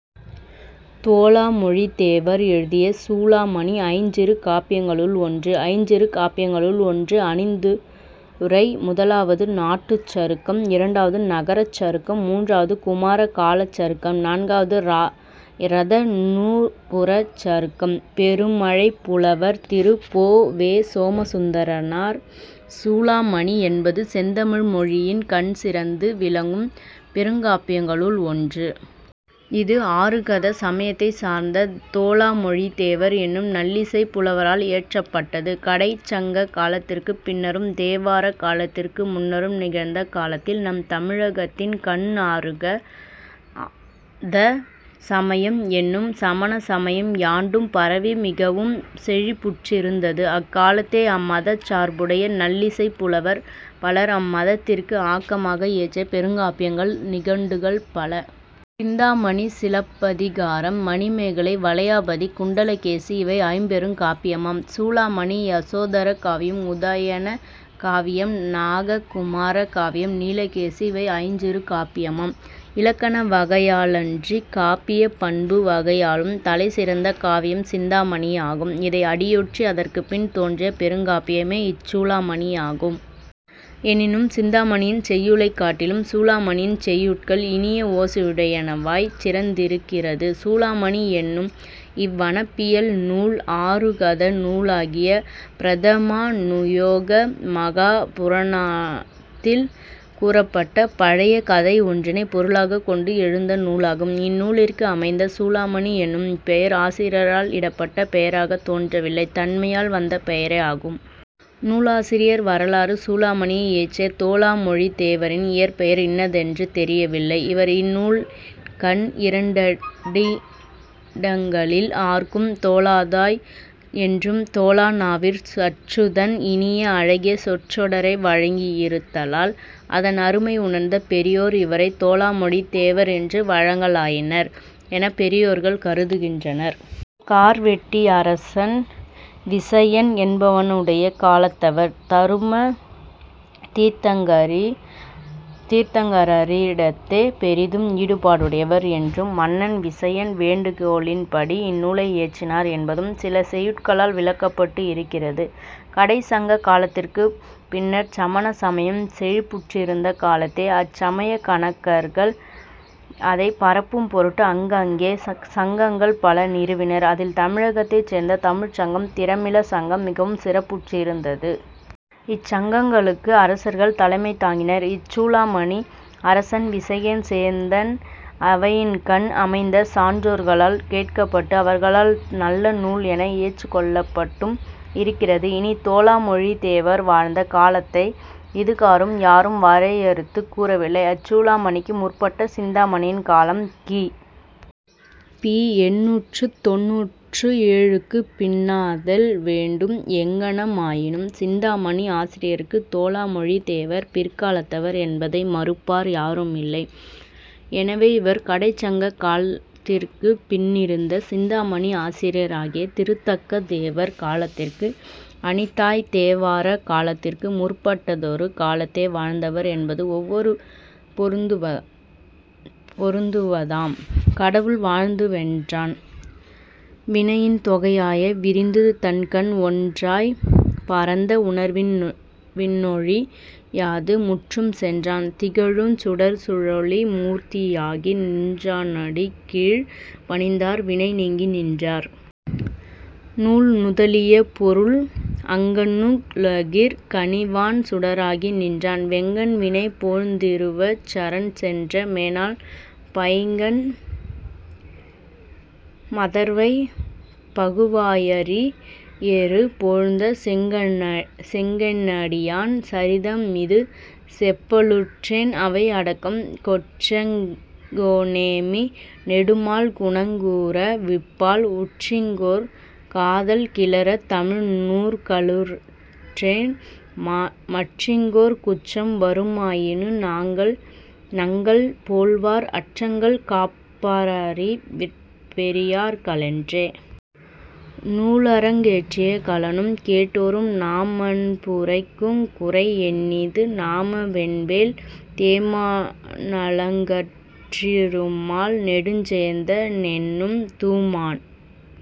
தோலாமொழித் தேவர் எழுதிய சூளாமணி ஐஞ்சிறுகாப்பியங்களுள் ஒன்று ஐஞ்சிறுகாப்பியங்களுள் ஒன்று அணிந்துரை முதலாவது நாட்டுச் சருக்கம் இரண்டாவது நகரச் சருக்கம் மூன்றாவது குமாரகாலச் சருக்கம் நான்காவது இரதநூபுரச் சருக்கம் பெருமழைப் புலவர் திரு. பொ. வே. சோமசுந்தரனார் சூளாமணி என்பது செந்தமிழ் மொழியின்கண் சிறந்து விளங்கும் பெருங்காப்பியங்களுள் ஒன்று. இது ஆருகத சமயத்தைச் சார்ந்த தோலாமொழித்தேவர் என்னும் நல்லிசைப் புலவரால் இயற்றப்பட்டது. கடைச்சங்க காலத்திற்குப் பின்னரும் தேவாரக் காலத்திற்கு முன்னரும் நிகழ்ந்த காலத்தில் நம் தமிழகத்தின் கண் ஆருகத சமயம் என்னும் சமண சமயம் யாண்டும் பரவி மிகவும் செழிப்புற்றிருந்தது. அக்காலத்தே அம்மதச் சார்புடைய நல்லிசைப் புலவர் பலர் அம் மதத்திற்கு ஆக்கமாக இயற்றிய பெருங்காப்பியங்கள் நிகண்டுகள் பல. சிந்தாமணி சிலப்பதிகாரம், மணிமேகலை, வளையாபதி, குண்டலகேசி இவை ஐம்பெருங்காப்பியமாம். சூளாமணி, யசோதர காவியம் உதயண காவியம் நாககுமார காவியம் நீலகேசி இவை ஐஞ்சிறுகாப்பியமாம். இலக்கண வகையாலன்றிக் காப்பியப் பண்பு வகையாலும் தலை சிறந்த காவியம் சிந்தாமணியாகும். இதை அடியொற்றி அதற்குப் பின் தோன்றிய பெருங்காப்பியமே இச் சூளாமணியாகும். எனினும் சிந்தாமணியின் செய்யுளைக் காட்டிலும் சூளாமணியின் செய்யுட்கள் இனிய ஓசையுடையனவாய்ச் சிறந்திருக்கிறது. சூளாமணி என்னும் இவ் வனப்பியல் நூல் ஆருகத நூலாகிய பிரதமாநுயோக மகாபுராணத்தில் கூறப்பட்ட பழைய கதை ஒன்றினை பொருளாகக் கொண்டு எழுந்த நூலாகும். இந்நூலிற்கு அமைந்த சூளாமணி என்னும் இப் பெயர் ஆசிரியரால் இடப்பட்ட பெயராகத் தோன்றவில்லை, தன்மையால் வந்த பெயரே ஆகும். நூலாசிரியர் வரலாறு சூளாமணியை இயற்றிய தோலாமொழித் தேவரின் இயற்பெயர் இன்னதென்று தெரியவில்லை. இவர் இந்நூலின்கண் இரண்டிடங்களில் ஆர்க்கும் தோலாதாய் என்றும் தோலாநாவிற் சச்சுதன் இனிய அழகிய சொற்றொடரை வழங்கி யிருத்தலால் அதன் அருமை உணர்ந்த பெரியோர் இவரைத் தோலாமொழித் தேவர் என்று வழங்கலாயினர் என பெரியோர்கள் கருதுகின்றனர். இவர் கார்வெட்டியரசன் விசயன் என்பவனுடைய காலத்தவர், தருமதீர்த்தங்கரரிடத்தே பெரிதும் ஈடுபாடுடையவர் என்றும் மன்னன் விசயன் வேண்டுகோளின்படி இந்நூலை இயற்றினார் என்பதும் சில செய்யுட்களால் விளக்கப்பட்டு இருக்கிறது. கடைச் சங்க காலத்திற்குப் பின்னர்ச் சமண சமயம் செழிப்புற்றிருந்த காலத்தே அச் சமயக் கணக்கர்கள் அதை பரப்பும் பொருட்டு அங்கங்கே சங்கங்கள் பல நிறுவினர் அதில் தமிழகத்தைச் சேர்ந்த தமிழ்ச்சங்கம் திரமிள சங்கம் மிகவும் சிறப்புற்றிருந்தது. இச் சங்கங்களுக்கு அரசர்கள் தலைமை தாங்கினர். இச் சூளாமணி அரசன் விசயன் சேந்தன் அவையின்கண் அமைந்த சான்றோர்களால் கேட்கப்பட்டு அவர்களால் நல்லநூல் என ஏற்றுக் கொள்ளப்பட்டும் இருக்கிறது. இனி தோலாமொழித்தேவர் வாழ்ந்த காலத்தை இதுகாறும் யாரும் வரையறுத்துக் கூறவில்லை. அச் சூளாமணிக்கு முற்பட்ட சிந்தாமணியின் காலம் கி. பி. எண்ணூற்றுத் தொண்ணூற்று ஏழுக்குப் பின்னாதல் வேண்டும். எங்ஙனமாயினும் சிந்தாமணி ஆசிரியருக்குத் தோலாமொழித் தேவர் பிற்காலத்தவர் என்பதை மறுப்பார் யாருமில்லை. எனவே இவர் கடைச்சங்ககால்த்திற்குப் பின்னிருந்த சிந்தாமணி ஆசிரியராகிய திருத்தக்கதேவர் காலத்திற்கு அணித்தாய்த் தேவாரக் காலத்திற்கு முற்பட்டதொரு காலத்தே வாழ்ந்தவர் என்பது ஒருவாறு பொருந்துவதாம். கடவுள் வாழ்த்து வென்றான் வினையின் தொகையாய விரிந்து தன்கண் ஒன்றாய்ப் பரந்த உணர்வின்னொழி யாது முற்றும் சென்றான் திகழுஞ் சுடர்சூழொளி மூர்த்தி யாகி நின்றா னடிக்கீழ் பணிந்தார் வினை நீங்கி நின்றார். நூல்நுதலியபொருள் அங்கண்ணுலகிற் கணிவான்சுடராகி நின்றான் வெங்கண் வினைபோழ்ந் திருவச் சரண் சென்ற மேனாள் பைங்கண் மதர்வைப் பகுவாயரி யேறு போழ்ந்த செங்கண்ணெடியான் சரிதம்மிது செப்பலுற்றேன். அவை அடக்கம் கொற்றங்கொணேமி நெடுமால்குணங் கூற விப்பால் உற்றிங்கொர் காதல் கிளரத்தமிழ் நூற்கலுற்றேன் மற்றிங்கொர் குற்றம் வருமாயினு நங்கள் போல்வார் அற்றங்கள் காப்பாரறிவிற்பெரி யார்களன்றே. நூலரங்கேற்றிய களனும் கேட்டோரும் நாமாண் புரைக்குங் குறையென்னிது நாம வென்வேல் தேமா ணலங்கற் றிருமால்நெடுஞ் சேந்த னென்னும் தூமாண்